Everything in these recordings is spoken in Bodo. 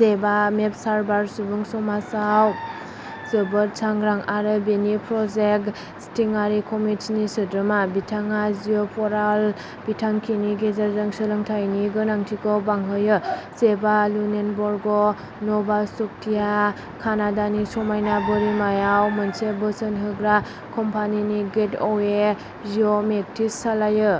जेफआ मेपसार्भार सुबुं समाजाव जोबोद सांग्रां, आरो बेनि प्रजेक्ट स्टियारिं कमितिनि सोद्रोमा। बिथाङा जिअ'फरअल बिथांखिनि गेजेरजों सोलोंथाइनि गोनांथिखौ बांहोयो। जेफआ लुनेनबर्ग, न'भा स्क'टिया, कानाडानि समायना बोरिमायाव मोनसे बोसोन होग्रा कम्पानि, गेटवे जिअ'मेटिक्स सालायो।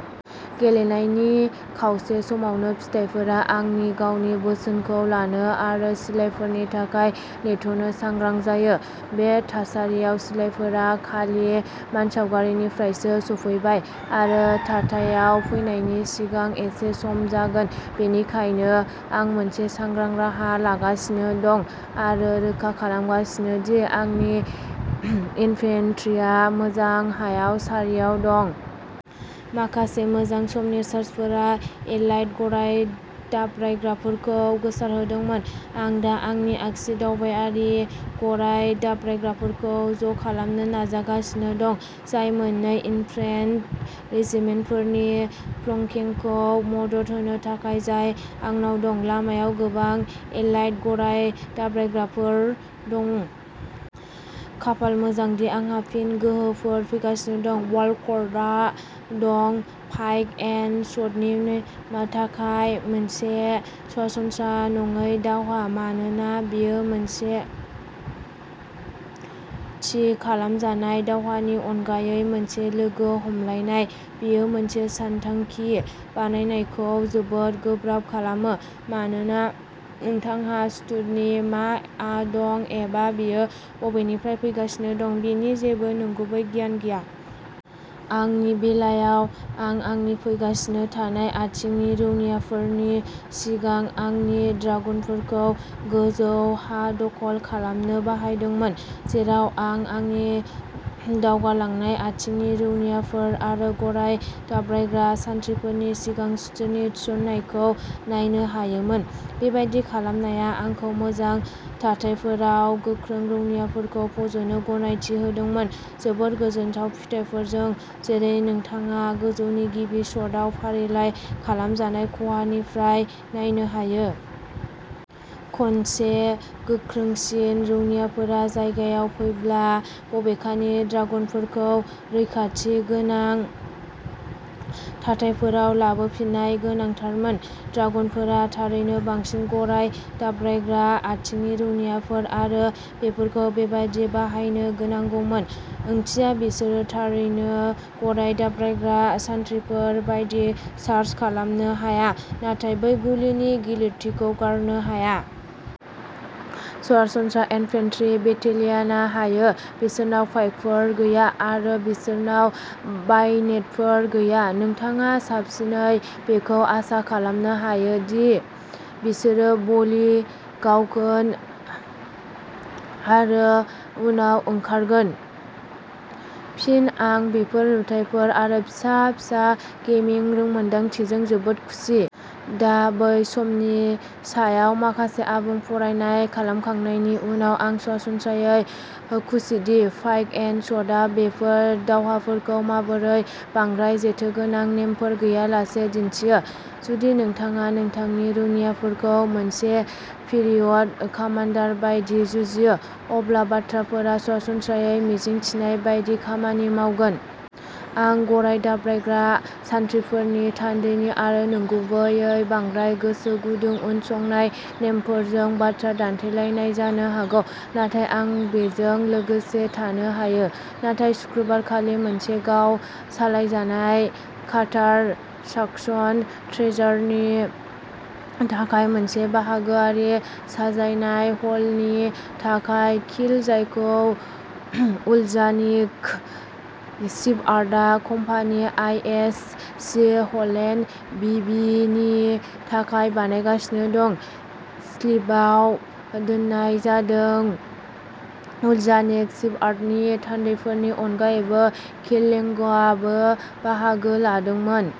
गेलेनायनि खावसे समावनो फिथायफोरा आंनि गावनि बोसोनखौ लानो आरो सिलाइफोरनि थाखाय नेथ'नो सांग्रां जायो। बे थासारियाव, सिलाइफोरा खालि मानसावगारिनिफ्रायसो सफैबाय आरो थाथायाव फैनायनि सिगां एसे सम जागोन। बेनिखायनो, आं मोनसे सांग्रां राहा लागासिनो दं आरो रोखा खालामगासिनो दि आंनि इन्फेन्ट्रिआ मोजां हायाव सारियाव दं। माखासे मोजां समनि चार्जफोरा एलाइड गराय दाब्रायग्राफोरखौ गोसारहोदोंमोन। आं दा आंनि आगसि दावआरि गराय दाब्रायग्राफोरखौ ज' खालामनो नाजागासिनो दं, जाय मोन्नै इन्फेन्ट्रि रेजिमेन्टफोरनि फ्लेंकखौ मदद होनो थाखाय जाय आंनाव दं। लामायाव गोबां एलाइड गराय दाब्रायग्राफोर दं। खाफाल मोजां दि आंहा फिन गोहोफोर फैगासिनो दं। वालक'र्टआ दं। पाइक एन्ड शटनि थाखाय मोनसे सरासनस्रा नङै दावहा, मानोना बेयो मोनसे थि खालामजानाय दावहानि अनगायै मोनसे लोगो हमलायनाय। बेयो मोनसे सानथांखि बानायनायखौ जोबोद गोब्राब खालामो, मानोना नोंथांहा सुथुरनि मा आं दं एबा बेयो बबेनिफ्राय फैगासिनो दं बेनि जेबो नंगुबै गियान गैया। आंनि बेलायाव, आं आंनि फैगासिनो थानाय आथिंनि रौनियाफोरनि सिगां आंनि ड्रागुनफोरखौ गोजौ हा दखल खालामनो बाहायदोंमोन, जेराव आं आंनि दावगालांनाय आथिंनि रौनियाफोर आरो गराय दाब्रायग्रा सान्थ्रिफोरनि सिगां सुथुरनि थिसननायखौ नायनो हायोमोन। बेबादि खालामनाया आंखौ मोजां थाथायफोराव गोख्रों रौनियाफोरखौ फज'नो गनायथि होदोंमोन जोबोद गोजोनथाव फिथायफोरजों, जेरै नोंथाङा गोजौनि गिबि शटआव फारिलाइ खालामजानाय खहानिफ्राय नायनो हायो। खनसे गोख्रोंसिन रौनियाफोरा जायगायाव फैब्ला, बबेखानि, ड्रागुनफोरखौ रैखाथि गोनां थाथायफोराव लाबोफिननाय गोनांथारमोन। ड्रागुनफोरा थारैनो बांसिनै गराय दाब्रायग्रा आथिंनि रौनियाफोर आरो बेफोरखौ बेबादि बाहायनो गोनांगौमोन। ओंथिया, बिसोरो थारैनो गराय दाब्रायग्रा सान्थ्रिफोर बायदि चार्ज खालामनो हाया, नाथाय बै गुलिनि गिलिरथिखौ गारनो हाया। सरासनस्रा इन्फेन्ट्रि बेटेलियानआ हायो। बिसोरनाव पाइकफोर गैया, आरो बिसोरनाव बायनेटफोर गैया। नोंथाङा साबसिनै बेखौ आसा खालामनो हायो दि बिसोरो भलि गावगोन आरो उनाव ओंखारगोन। फिन, आं बेफोर नुथायफोर आरो फिसा फिसा गेमिं रोंमोनदांथिजों जोबोद खुसि। दा बै समनि सायाव माखासे आबुं फरायनाय खालामखांनायनि उनाव आं सरासनस्रायै खुसिदि पाइक एन्ड शटआ बेफोर दावहाफोरखौ माबोरै बांद्राय जेथोगोनां नेमफोर गैयालासे दिन्थियो। जुदि नोंथाङा नोंथांनि रौनियाफोरखौ मोनसे पिरियड कामान्डार बायदि जुजियो, अब्ला बाथ्राफोरा सरासनस्रायै मिजिंथिनाय बायदि खामानि मावगोन। आं गराय दाब्रायग्रा सान्थ्रिफोरनि थान्दैथि आरो गुबैयै बांद्राय गोसो गुदुं उनसंनाय नेमफोरजों बाथ्रा दान्थेलायनाय जानो हागौ, नाथाय आं बेजों लोगोसे थानो हायो। नाथाय सुक्रुबार खालि मोनसे गाव सालायजानाय काटार साकसन ड्रेजारनि थाखाय मोनसे बाहागोआरि साजायनाय हलनि थाखाय किल, जायखौ उलजानिक शिपयार्डआ company I H C Holland B V नि थाखाय बानायगासिनो दं, स्लिपआव दोननाय जादोंमोन। उलजानिक शिपयार्डनि थान्दैफोरनि अनगायैबो, किल लेइंगआबो बाहागो लादोंमोन।